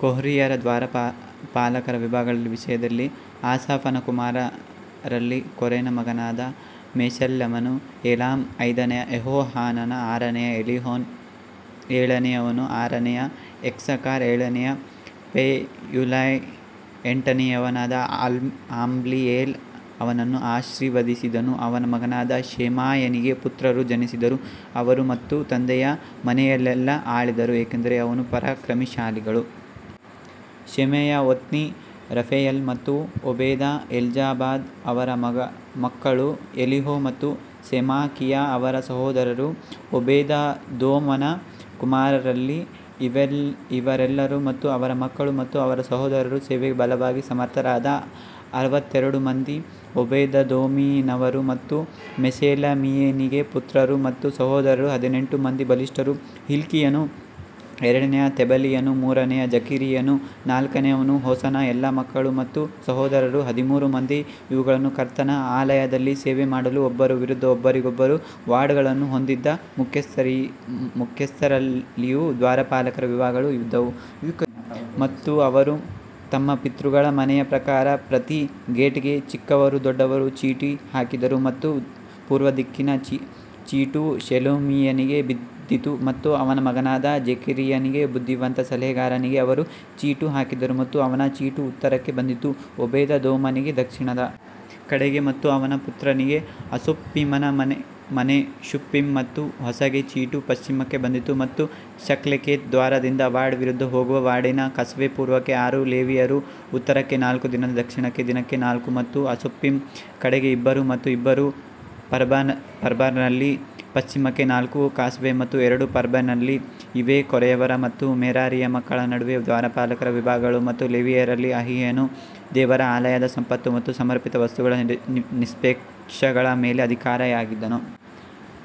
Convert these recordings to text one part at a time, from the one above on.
ಕೊರ್ಹಿಯರ ದ್ವಾರಪಾಲಕರ ವಿಭಾಗಗಳ ವಿಷಯದಲ್ಲಿ ಆಸಾಫನ ಕುಮಾರರಲ್ಲಿ ಕೋರೆನ ಮಗನಾದ ಮೆಷೆಲೆಮ್ಯನು. ಏಲಾಮ್ ಐದನೆಯ ಯೆಹೋಹಾನಾನ್ ಆರನೆಯ ಎಲಿಯೋನ್ ಏಳನೆಯವನು ಆರನೆಯ ಇಸ್ಸಾಕಾರ್ ಏಳನೆಯ ಪೆಯುಲ್ತೈ ಎಂಟನೆಯವನಾದ ಅಮ್ಮೀಯೇಲ್ ಅವನನ್ನು ಆಶೀರ್ವದಿಸಿದನು ಅವನ ಮಗನಾದ ಶೆಮಾಯನಿಗೆ ಪುತ್ರರು ಜನಿಸಿದರು, ಅವರು ತಮ್ಮ ತಂದೆಯ ಮನೆಯಲ್ಲೆಲ್ಲಾ ಆಳಿದರು, ಏಕೆಂದರೆ ಅವರು ಪರಾಕ್ರಮಶಾಲಿಗಳು. ಶೆಮಾಯ ಒತ್ನಿ ಮತ್ತು ರೆಫಾಯೇಲ್ ಮತ್ತು ಓಬೇದ್ ಎಲ್ಜಾಬಾದ್ ಅವರ ಮಕ್ಕಳು ಎಲಿಹು ಮತ್ತು ಸೆಮಾಕಿಯಾ ಅವರ ಸಹೋದರರು. ಓಬೇದೆದೋಮನ ಕುಮಾರರಲ್ಲಿ ಇವರೆಲ್ಲರೂ ಮತ್ತು ಅವರ ಮಕ್ಕಳು ಮತ್ತು ಅವರ ಸಹೋದರರು ಸೇವೆಗೆ ಬಲವಾಗಿ ಸಮರ್ಥರಾದ ಅರವತ್ತೆರಡು ಮಂದಿ ಓಬೇದೆದೋಮಿನವರು. ಮತ್ತು ಮೆಷೆಲೆಮಿಯನಿಗೆ ಪುತ್ರರು ಮತ್ತು ಸಹೋದರರು ಹದಿನೆಂಟು ಮಂದಿ ಬಲಿಷ್ಠರು ಹಿಲ್ಕೀಯನು ಎರಡನೆಯ ತೆಬಲೀಯನು ಮೂರನೆಯ ಜಕರೀಯನು ನಾಲ್ಕನೆಯವನು ಹೋಸನ ಎಲ್ಲಾ ಮಕ್ಕಳು ಮತ್ತು ಸಹೋದರರು ಹದಿಮೂರು ಮಂದಿ ಇವುಗಳಲ್ಲಿ ಕರ್ತನ ಆಲಯದಲ್ಲಿ ಸೇವೆಮಾಡಲು ಒಬ್ಬರ ವಿರುದ್ಧ ಒಬ್ಬರಿಗೊಬ್ಬರು ವಾರ್ಡ್ಗಳನ್ನು ಹೊಂದಿದ್ದ ಮುಖ್ಯಸ್ಥರಲ್ಲಿಯೂ ದ್ವಾರಪಾಲಕರ ವಿಭಾಗಗಳು ಇದ್ದವು. ಮತ್ತು ಅವರು ತಮ್ಮ ಪಿತೃಗಳ ಮನೆಯ ಪ್ರಕಾರ ಪ್ರತಿ ಗೇಟ್ಗೆ ಚಿಕ್ಕವರೂ ದೊಡ್ಡವರೂ ಚೀಟು ಹಾಕಿದರು ಮತ್ತು ಪೂರ್ವದಿಕ್ಕಿನ ಚೀಟು ಶೆಲೆಮಿಯನಿಗೆ ಬಿದ್ದಿತು ಮತ್ತು ಅವನ ಮಗನಾದ ಜೆಕರೀಯನಿಗೆ ಬುದ್ಧಿವಂತ ಸಲಹೆಗಾರನಿಗೆ ಅವರು ಚೀಟು ಹಾಕಿದರು ಮತ್ತು ಅವನ ಚೀಟು ಉತ್ತರಕ್ಕೆ ಬಂದಿತು. ಓಬೇದೆದೋಮನಿಗೆ ದಕ್ಷಿಣದ ಕಡೆಗೆ ಮತ್ತು ಅವನ ಪುತ್ರರಿಗೆ ಅಸುಪ್ಪೀಮನ ಮನೆ ಶುಪ್ಪೀಮ್ ಮತ್ತು ಹೋಸಾಗೆ ಚೀಟು ಪಶ್ಚಿಮಕ್ಕೆ ಬಂದಿತು ಮತ್ತು ಶಲ್ಲೆಕೆತ್ ದ್ವಾರದಿಂದ ವಾರ್ಡ್ ವಿರುದ್ಧ ಹೋಗುವ ವಾರ್ಡಿನ ಕಾಸ್ವೇ ಪೂರ್ವಕ್ಕೆ ಆರು ಲೇವಿಯರು ಉತ್ತರಕ್ಕೆ ನಾಲ್ಕು ದಿನಕ್ಕೆ ದಕ್ಷಿಣಕ್ಕೆ ದಿನಕ್ಕೆ ನಾಲ್ಕು ಮತ್ತು ಅಸುಪ್ಪಿಮ್ ಕಡೆಗೆ ಇಬ್ಬರು ಮತ್ತು ಇಬ್ಬರು ಪರ್ಬಾರ್ನಲ್ಲಿ ಪಶ್ಚಿಮಕ್ಕೆ ನಾಲ್ಕು ಕಾಸ್ವೇ ಮತ್ತು ಎರಡು ಪರ್ಬಾರ್ನಲ್ಲಿ ಇವೇ ಕೋರೆಯವರ ಮತ್ತು ಮೆರಾರಿಯ ಮಕ್ಕಳ ನಡುವೆ ದ್ವಾರಪಾಲಕರ ವಿಭಾಗಗಳು ಮತ್ತು ಲೇವಿಯರಲ್ಲಿ ಅಹೀಯನು ದೇವರ ಆಲಯದ ಸಂಪತ್ತು ಮತ್ತು ಸಮರ್ಪಿತ ವಸ್ತುಗಳ ನಿಕ್ಷೇಪಗಳ ಮೇಲೆ ಅಧಿಕಾರಿಯಾಗಿದ್ದನು.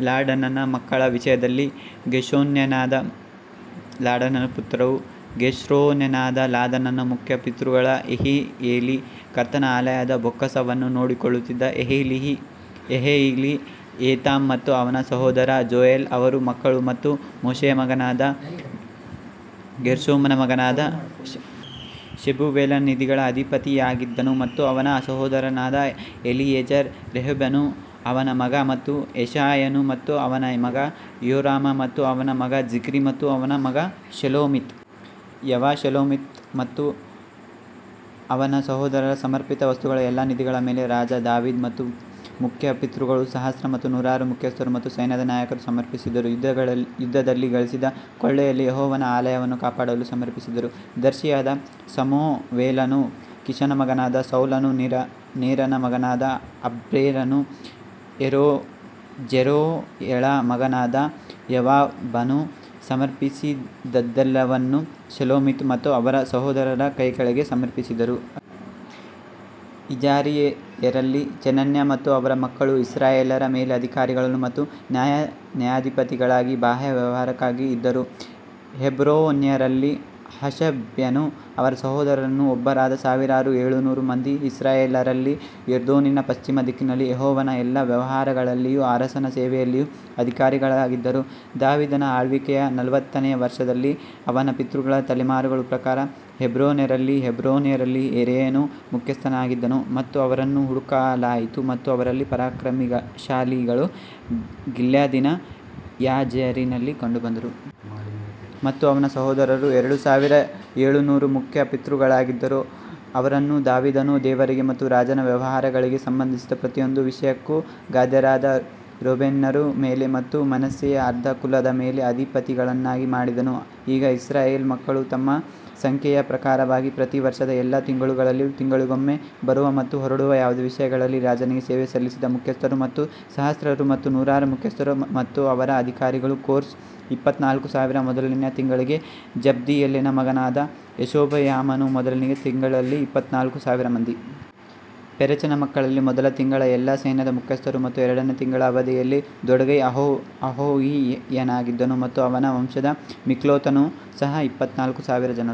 ಲಾಡನನ ಮಕ್ಕಳ ವಿಷಯದಲ್ಲಿ ಗೇರ್ಷೋನ್ಯನಾದ ಲಾಡನನ ಪುತ್ರರು ಗೇರ್ಷೋನ್ಯನಾದ ಲಾದಾನನ ಮುಖ್ಯ ಪಿತೃಗಳು ಯೆಹಿಯೇಲಿ. ಕರ್ತನ ಆಲಯದ ಬೊಕ್ಕಸವನ್ನು ನೋಡಿಕೊಳ್ಳುತ್ತಿದ್ದ ಯೆಹಿಯೇಲಿ ಝೆತಾಮ್ ಮತ್ತು ಅವನ ಸಹೋದರ ಜೋಯಲ್ ಅವರ ಮಕ್ಕಳು ಮತ್ತು ಮೋಶೆಯ ಮಗನಾದ ಗೇರ್ಷೋಮನ ಮಗನಾದ ಶೆಬೂವೇಲನು ನಿಧಿಗಳ ಅಧಿಪತಿಯಾಗಿದ್ದನು ಮತ್ತು ಅವನ ಸಹೋದರರಾದ ಎಲಿಯೆಜರ್ ರೆಹಬ್ಯನು ಅವನ ಮಗ ಮತ್ತು ಯೆಶಾಯನು ಮತ್ತು ಅವನ ಮಗ ಯೋರಾಮ್ ಮತ್ತು ಅವನ ಮಗ ಜಿಕ್ರಿ ಮತ್ತು ಅವನ ಮಗ ಶೆಲೋಮಿತ್. ಯಾವ ಶೆಲೋಮಿತ್ ಮತ್ತು ಅವನ ಸಹೋದರರು ಸಮರ್ಪಿತ ವಸ್ತುಗಳ ಎಲ್ಲಾ ನಿಧಿಗಳ ಮೇಲೆ ರಾಜ ದಾವೀದ ಮತ್ತು ಮುಖ್ಯ ಪಿತೃಗಳು ಸಹಸ್ರ ಮತ್ತು ನೂರರ ಮುಖ್ಯಸ್ಥರು ಮತ್ತು ಸೈನ್ಯದ ನಾಯಕರು ಸಮರ್ಪಿಸಿದರು. ಯುದ್ಧದಲ್ಲಿ ಗಳಿಸಿದ ಕೊಳ್ಳೆಯಲ್ಲಿ ಯೆಹೋವನ ಆಲಯವನ್ನು ಕಾಪಾಡಲು ಸಮರ್ಪಿಸಿದರು ದರ್ಶಿಯಾದ ಸಮುವೇಲನೂ ಕೀಷನ ಮಗನಾದ ಸೌಲನೂ ನೇರನ ಮಗನಾದ ಅಬ್ನೇರನೂ ಝೆರೂಯಳ ಮಗನಾದ ಯೋವಾಬನೂ ಸಮರ್ಪಿಸಿದದ್ದೆಲ್ಲವನ್ನೂ ಶೆಲೋಮಿತ್ ಮತ್ತು ಅವನ ಸಹೋದರರ ಕೈಕೆಳಗೆ ಸಮರ್ಪಿಸಿದರು. ಇಜಾರಿಯರಲ್ಲಿ ಚೆನನ್ಯ ಮತ್ತು ಅವನ ಮಕ್ಕಳು ಇಸ್ರಾಯೇಲ್ಯರ ಮೇಲೆ ಅಧಿಕಾರಿಗಳು ಮತ್ತು ನ್ಯಾಯಾಧಿಪತಿಗಳಿಗಾಗಿ ಬಾಹ್ಯ ವ್ಯವಹಾರಕ್ಕಾಗಿ ಇದ್ದರು ಹೆಬ್ರೋನ್ಯರಲ್ಲಿ ಹಷಬ್ಯನೂ ಅವನ ಸಹೋದರರೂ ಒಬ್ಬರಾದ ಸಾವಿರದ ಏಳುನೂರು ಮಂದಿ ಇಸ್ರಾಯೇಲ್ಯರಲ್ಲಿ ಯೋರ್ದನಿನ ಪಶ್ಚಿಮ ದಿಕ್ಕಿನಲ್ಲಿ ಯೆಹೋವನ ಎಲ್ಲಾ ವ್ಯವಹಾರಗಳಲ್ಲಿಯೂ ಅರಸನ ಸೇವೆಯಲ್ಲಿಯೂ ಅಧಿಕಾರಿಗಳಾಗಿದ್ದರು. ದಾವೀದನ ಆಳ್ವಿಕೆಯ ನಲವತ್ತನೆಯ ವರ್ಷದಲ್ಲಿ ಅವನ ಪಿತೃಗಳ ತಲೆಮಾರುಗಳ ಪ್ರಕಾರ ಹೆಬ್ರೋನ್ಯರಲ್ಲಿ ಹೆಬ್ರೋನ್ಯರಲ್ಲಿ ಯೆರೀಯನು ಮುಖ್ಯಸ್ಥನಾಗಿದ್ದನು ಮತ್ತು ಅವರನ್ನು ಹುಡುಕಲಾಯಿತು ಮತ್ತು ಅವರಲ್ಲಿ ಪರಾಕ್ರಮಶಾಲಿಗಳು ಗಿಲ್ಯಾದಿನ ಯಾಜೇರಿನಲ್ಲಿ ಕಂಡುಬಂದರು. ಮತ್ತು ಅವನ ಸಹೋದರರು ಎರಡು ಸಾವಿರದ ಏಳುನೂರು ಮುಖ್ಯ ಪಿತೃಗಳಾಗಿದ್ದರು, ಅವರನ್ನು ದಾವೀದನು ದೇವರಿಗೆ ಮತ್ತು ರಾಜನ ವ್ಯವಹಾರಗಳಿಗೆ ಸಂಬಂಧಿಸಿದ ಪ್ರತಿಯೊಂದು ವಿಷಯಕ್ಕೂ ಗಾದ್ಯರಾದ ರೂಬೇನ್ಯರ ಮೇಲೆ ಮತ್ತು ಮನಸ್ಸೆಯ ಅರ್ಧ ಕುಲದ ಮೇಲೆ ಅಧಿಪತಿಗಳನ್ನಾಗಿ ಮಾಡಿದನು. ಈಗ ಇಸ್ರಾಯೇಲ್ ಮಕ್ಕಳು ತಮ್ಮ ಸಂಖ್ಯೆಯ ಪ್ರಕಾರವಾಗಿ ಪ್ರತಿ ವರ್ಷದ ಎಲ್ಲಾ ತಿಂಗಳುಗಳಲ್ಲಿ ತಿಂಗಳಿಗೊಮ್ಮೆ ಬರುವ ಮತ್ತು ಹೊರಡುವ ಯಾವುದೇ ವಿಷಯಗಳಲ್ಲಿ ರಾಜನಿಗೆ ಸೇವೆ ಸಲ್ಲಿಸಿದ ಮುಖ್ಯಸ್ಥರು ಮತ್ತು ಸಹಸ್ರಾರು ಮತ್ತು ನೂರರ ಮುಖ್ಯಸ್ಥರು ಮತ್ತು ಅವರ ಅಧಿಕಾರಿಗಳು ಕೋರ್ಸ್ ಇಪ್ಪತ್ತನಾಲ್ಕು ಸಾವಿರ ಮೊದಲನೆಯ ತಿಂಗಳಿಗೆ ಜಬ್ದಿಯೇಲನ ಮಗನಾದ ಯಶೋಬೆಯಾಮನು ಮೊದಲನೆಯ ತಿಂಗಳಿನಲ್ಲಿ ಇಪ್ಪತ್ತನಾಲ್ಕು ಸಾವಿರ ಮಂದಿ. ಪೆರೆಚನ ಮಕ್ಕಳಲ್ಲಿ ಮೊದಲ ತಿಂಗಳ ಎಲ್ಲಾ ಸೈನ್ಯದ ಮುಖ್ಯಸ್ಥರು ಮತ್ತು ಎರಡನೆಯ ತಿಂಗಳ ಅವಧಿಯಲ್ಲಿ ದೊಡೈ ಅಹೋಹಿಯನಾಗಿದ್ದನು ಮತ್ತು ಅವನ ವಂಶದ ಮಿಕ್ಲೋತನು ಸಹ ಇಪ್ಪತ್ನಾಲ್ಕು ಸಾವಿರ ಜನರು.